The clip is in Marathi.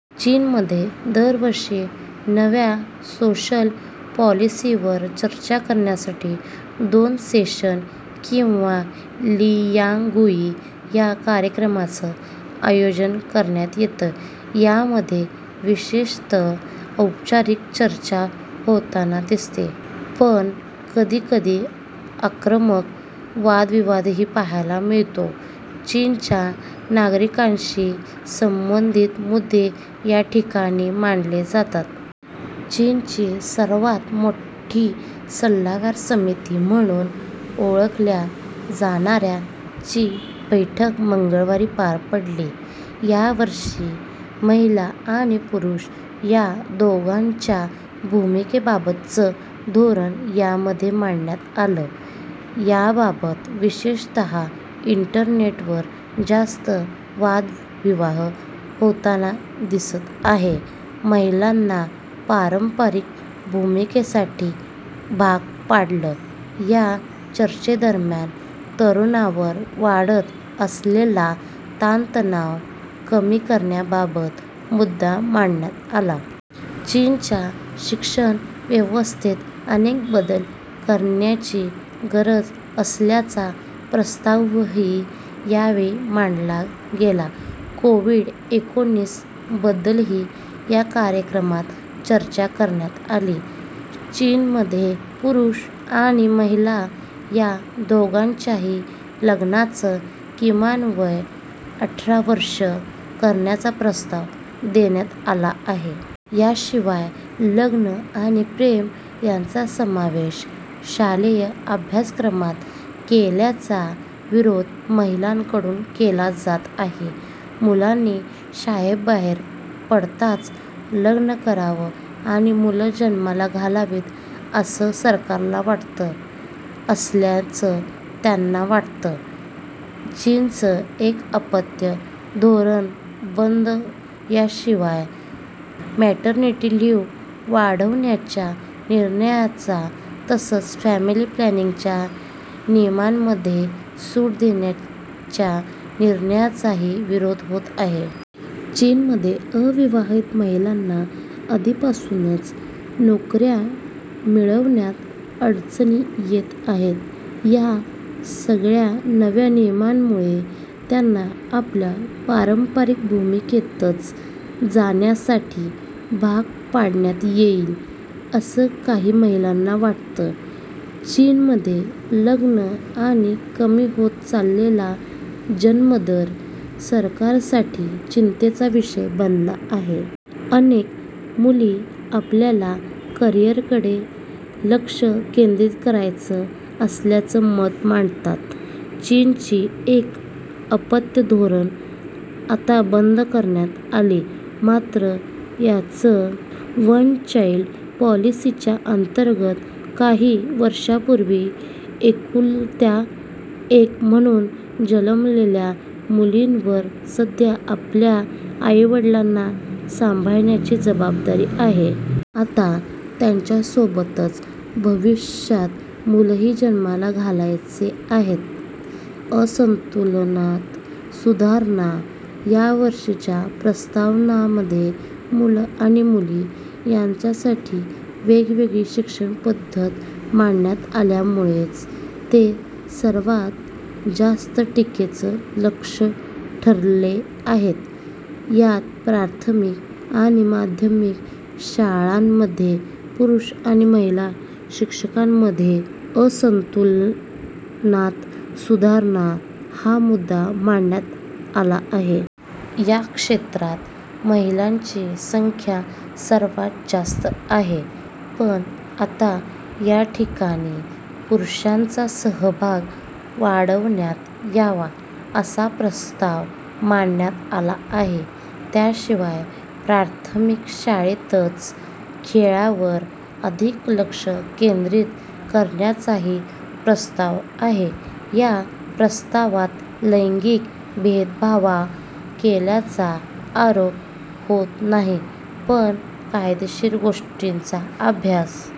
चीनमध्ये दरवर्षी नव्या सोशल पॉलिसीवर चर्चा करण्यासाठी दो सेशन किंवा लियांगुई या कार्यक्रमाचं आयोजन करण्यात येतं. यामध्ये विशेषत औपचारिक चर्चा होताना दिसते. पण कधी कधी आक्रमक वादविवादही पाहायला मिळतो. चीनच्या नागरिकांशी संबंधित मुद्दे याठिकाणी मांडले जातात. चीनची सर्वात मोठी सल्लागार समिती म्हणून ओळखल्या जाणाऱ्या ची बैठक मंगळवारी पार पडली. यावर्षी महिला आणि पुरुष या दोघांच्या भूमिकेबाबतचं धोरण यामध्ये मांडण्यात आलं. याबाबत विशेषतः इंटरेनेटवर जास्त वादविवाह होताना दिसत आहे. महिलांना पारंपरिक भूमिकेसाठी भाग पाडलं या चर्चेदरम्यान तरूणांवर वाढत असलेला ताणतणाव कमी करण्याबाबत मुद्दा मांडण्यात आला. चीनच्या शिक्षण व्यवस्थेत अनेक बदल करण्याची गरज असल्याचा प्रस्तावही यावेळी मांडला गेला. कोव्हिड-एकोणीस बद्दलही या कार्यक्रमात चर्चा करण्यात आली. चीनमध्ये पुरुष आणि महिला या दोघांच्याही लग्नाचं किमान वय अठरा वर्षे करण्याचा प्रस्ताव देण्यात आला आहे. याशिवाय लग्न आणि प्रेम यांचा समावेश शालेय अभ्यासक्रमात केल्याचा विरोध महिलांकडून केला जात आहे. मुलांनी शाळेबाहेर पडताच लग्न करावं आणि मुलं जन्माला घालावीत, असं सरकारला वाटत असल्याचं त्यांना वाटतं. चीनचं एक अपत्य धोरण बंद याशिवाय मॅटर्निटी लिव्ह वाढवण्याच्या निर्णयाचा तसंच फॅमिली प्लॅनिंगच्या नियमांमध्ये सूट देण्याच्या निर्णयाचाही विरोध होत आहे. चीनमध्ये अविवाहित महिलांना आधीपासूनच नोकऱ्या मिळवण्यात अडचणी येत आहेत. या सगळ्या नव्या नियमांमुळे त्यांना आपल्या पारंपारिक भूमिकेतच जाण्यासाठी भाग पाडण्यात येईल, असं काही महिलांना वाटतं. चीनमध्ये लग्न आणि कमी होत चाललेला जन्मदर सरकारसाठी चिंतेचा विषय बनला आहे. अनेक मुली आपल्याला करिअरकडे लक्ष केंद्रित करायचं असल्याचं मत मांडतात. चीनची एक अपत्य धोरण आता बंद करण्यात आली. मात्र याच वन चाईल्ड पॉलिसीच्या अंतर्गत काही वर्षांपूर्वी एकुलत्या एक म्हणून जन्मलेल्या मुलींवर सध्या आपल्या आई-वडिलांना सांभाळण्याची जबाबदारी आहे. आता त्यासोबतच भविष्यात मुलंही जन्माला घालायचे आहेत. असंतुलनात सुधारणा यावर्षीच्या प्रस्तावांमध्ये मुलं आणि मुली यांच्यासाठी वेगवेगळी शिक्षण पद्धत मांडण्यात आल्यामुळेच ते सर्वात जास्त टीकेचं लक्ष्य ठरले आहेत. यात प्राथमिक आणि माध्यमिक शाळांमध्ये पुरुष आणि महिला शिक्षकांमध्ये असंतुलनात सुधारणा हा मुद्दा मांडण्यात आला आहे. या क्षेत्रात महिलांची संख्या सर्वात जास्त आहे. पण आता याठिकाणी पुरुषांचा सहभाग वाढवण्यात यावा, असा प्रस्ताव मांडण्यात आला आहे. त्याशिवाय प्राथमिक शाळेतच खेळांवर अधिक लक्ष केंद्रीत करण्याचाही प्रस्ताव आहे. या प्रस्तावात लैंगिक भेदभावा केल्याचा आरोप होत नाही. पण कायदेशीर गोष्टींचा अभ्यास